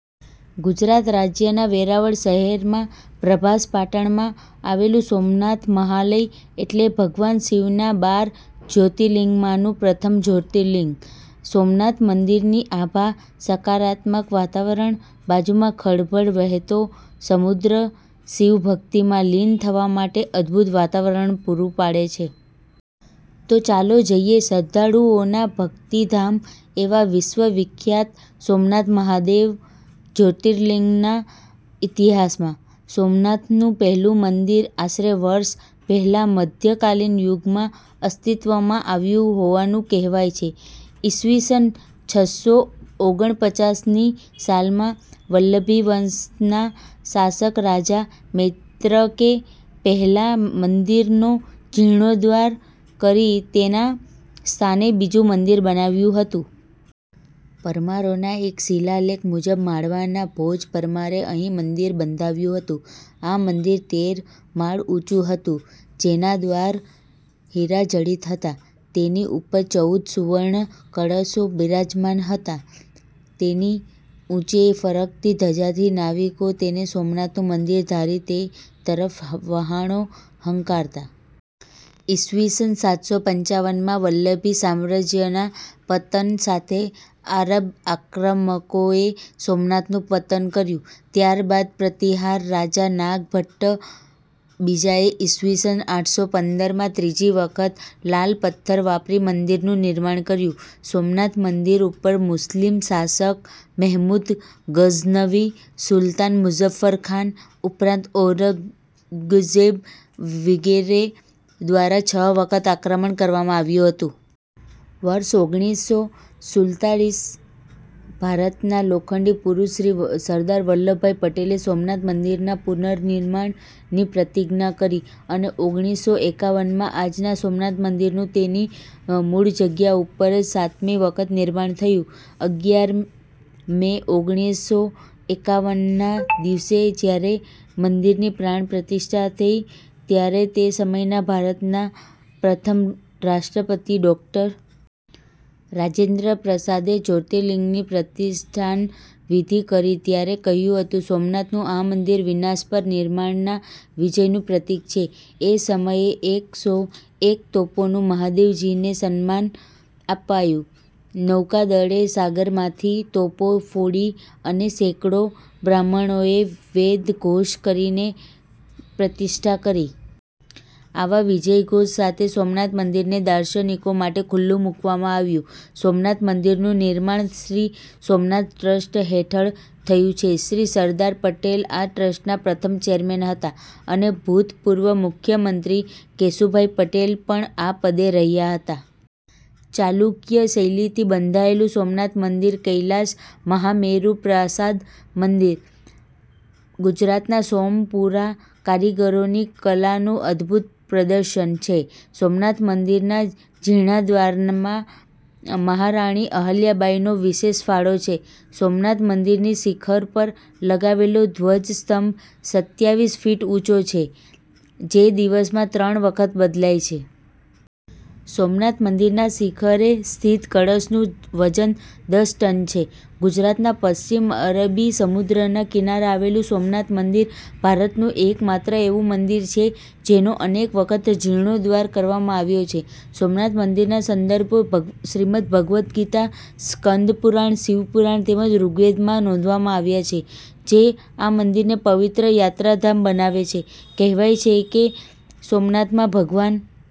ગુજરાત રાજ્યના વેરાવળ શહેરમાં પ્રભાસ પાટણમાં આવેલું સોમનાથ મહાલય, એટલે ભગવાન શિવના બાર જ્યોતિર્લિંગમાંનું પ્રથમ જ્યોતિર્લિંગ. સોમનાથ મંદિરની આભા, સકારાત્મક વાતાવરણ, બાજુમાં ખળભળ વહેતો સમુદ્ર શિવભક્તિમાં લીન થવા માટે અદ્ભુત વાતાવરણ પૂરું પાડે છે. તો ચાલો જઈએ શ્રદ્ધાળુઓના ભક્તિ ધામ એવા વિશ્વવિખ્યાત સોમનાથ મહાદેવ જ્યોર્તિલિંગના ઈતિહાસમાં.. સોમનાથનું પહેલું મંદિર આશરે વર્ષ પહેલાં મધ્ય કાલીન યુગમાં અસ્તિત્વમાં આવ્યું હોવાનું કહેવાય છે. ઈસ વીસન છસો ઓગનપચાસ ની સાલમાં વલ્લભીવંશના શાસક રાજા મૈત્રકે પહેલા મંદિરનો જીર્ણોદ્ધાર કરી તેના સ્થાને બીજુ મંદિર બનાવ્યું હતું. પરમારોના એક શિલાલેખ મુજબ માળવાના ભોજ પરમારે અહીં મંદિર બંધાવ્યું હતું. આ મંદિર તેર માળ ઊંચું હતું જેના દ્વાર હીરાજડિત હતા. તેની ઉપર ચૌદ સુવર્ણ કળશો વિરાજમાન હતા. તેની ઊંચે ફરકતી ધજાથી નાવિકો તેને સોમનાથનું મંદિર ધારી તે તરફ વહાણો હંકારતા. ઈસ વીસન સાતસો પંચાવન માં વલ્લભી સામ્રાજ્યના પતન સાથે આરબ આક્રમકોએ સોમનાથનું પતન કર્યું. ત્યારબાદ પ્રતિહાર રાજા નાગ ભટ્ટ બીજાએ ઈસ વીસન આઠસોપંદર માં ત્રીજી વખત લાલ પથ્થર વાપરી મંદિરનું નિર્માણ કર્યું. સોમનાથ મંદિર ઉપર મુસ્લીમ શાશક મહેમુદ ગઝનવી, સુલતાન મુઝ્ઝફરખાન ઉપરાંત ઔરંગઝેબ વિગેરે દ્વારા છ વખત આક્રમણ કરવામાં આવ્યું હતું. વર્ષ ઓગણીસો સુલ્તાલીસ ભારતના લોખંડી પુરુષ શ્રી સરદાર વલ્લભભાઈ પટેલે સોમનાથ મંદિરના પુનઃનિર્માણની પ્રતિજ્ઞા કરી અને ઓગણીસો એકાવનમાં આજના સોમનાથ મંદિરનું તેની મૂળ જગ્યા ઉપર જ સાતમી વખત નિર્માણ થયું. અગિયાર મે ઓગણીસો એકાવન ના દિવસે જયારે મંદિરની પ્રાણ પ્રતિષ્ઠા થઈ ત્યારે તે સમયના ભારતના પ્રથમ રાષ્ટ્રપતિ ડૉ. રાજેન્દ્ર પ્રસાદે જ્યોર્તિલિંગની પ્રતિષ્ઠાન વિધિ કરી ત્યારે કહ્યું હતું- "સોમનાથનું આ મંદિર વિનાશ પર નિર્માણના વિજયનું પ્રતિક છે. એ સમયે એક સો એક તોપોનું મહાદેવજીને સન્માન અપાયું. નૌકાદળે સાગરમાંથી તોપો ફોડી અને સેંકડો બ્રાહ્મણોએ વેદઘોષ કરીને પ્રતિષ્ઠા કરી. આવા વિજયઘોષ સાથે સોમનાથ મંદિરને દાર્શનિકો માટે ખુલ્લું મુકવામાં આવ્યું. સોમનાથ મંદિરનું નિર્માણ શ્રી સોમનાથ ટ્રસ્ટ હેઠળ થયું છે. શ્રી સરદાર પટેલ આ ટ્રસ્ટનાં પ્રથમ ચેરમેન હતાં અને ભુતપૂર્વ મુખ્યમંત્રી કેશુભાઈ પટેલ પણ આ પદે રહ્યા હતા. ચાલુક્ય શૈલીથી બંધાયેલું સોમનાથ મંદિર "કૈલાશ મહામેરુ પ્રાસાદ મંદિર: ગુજરાતના સોમપુરા કારીગરોની કલાનું અદ્ભુત પ્રદર્શન છે. સોમનાથ મંદિરના જીર્ણોદ્વારમાં મહારાણી અહલ્યાબાઈનો વિશેષ ફાળો છે. સોમનાથ મંદિરની શિખર પર લગાવેલો ધ્વજસ્તંભ સત્યાવીસ ફીટ ઉંચો છે, જે દિવસમાં ત્રણ વખત બદલાય છે. સોમનાથ મંદિરના શિખરે સ્થિત કળશનું વજન દસ ટન છે! ગુજરાતના પશ્ચિમ અરબી સમુદ્રના કિનારે આવેલું સોમનાથ મંદિર ભારતનું એકમાત્ર એવું મંદિર છે, જેનો અનેક વખત જીર્ણોદ્વાર કરવામાં આવ્યો છે. સોમનાથ મંદિરના સંદર્ભો શ્રીમદ ભગવદ્ગીતા, સ્કંધપુરાણ, શિવ પુરાણ તેમજ ઋગ્વેદમાં નોંધવામાં આવ્યા છે, જે આ મંદિરને પવિત્ર યાત્રાધામ બનાવે છે. કહેવાય છે કે સોમનાથમાં ભગવાન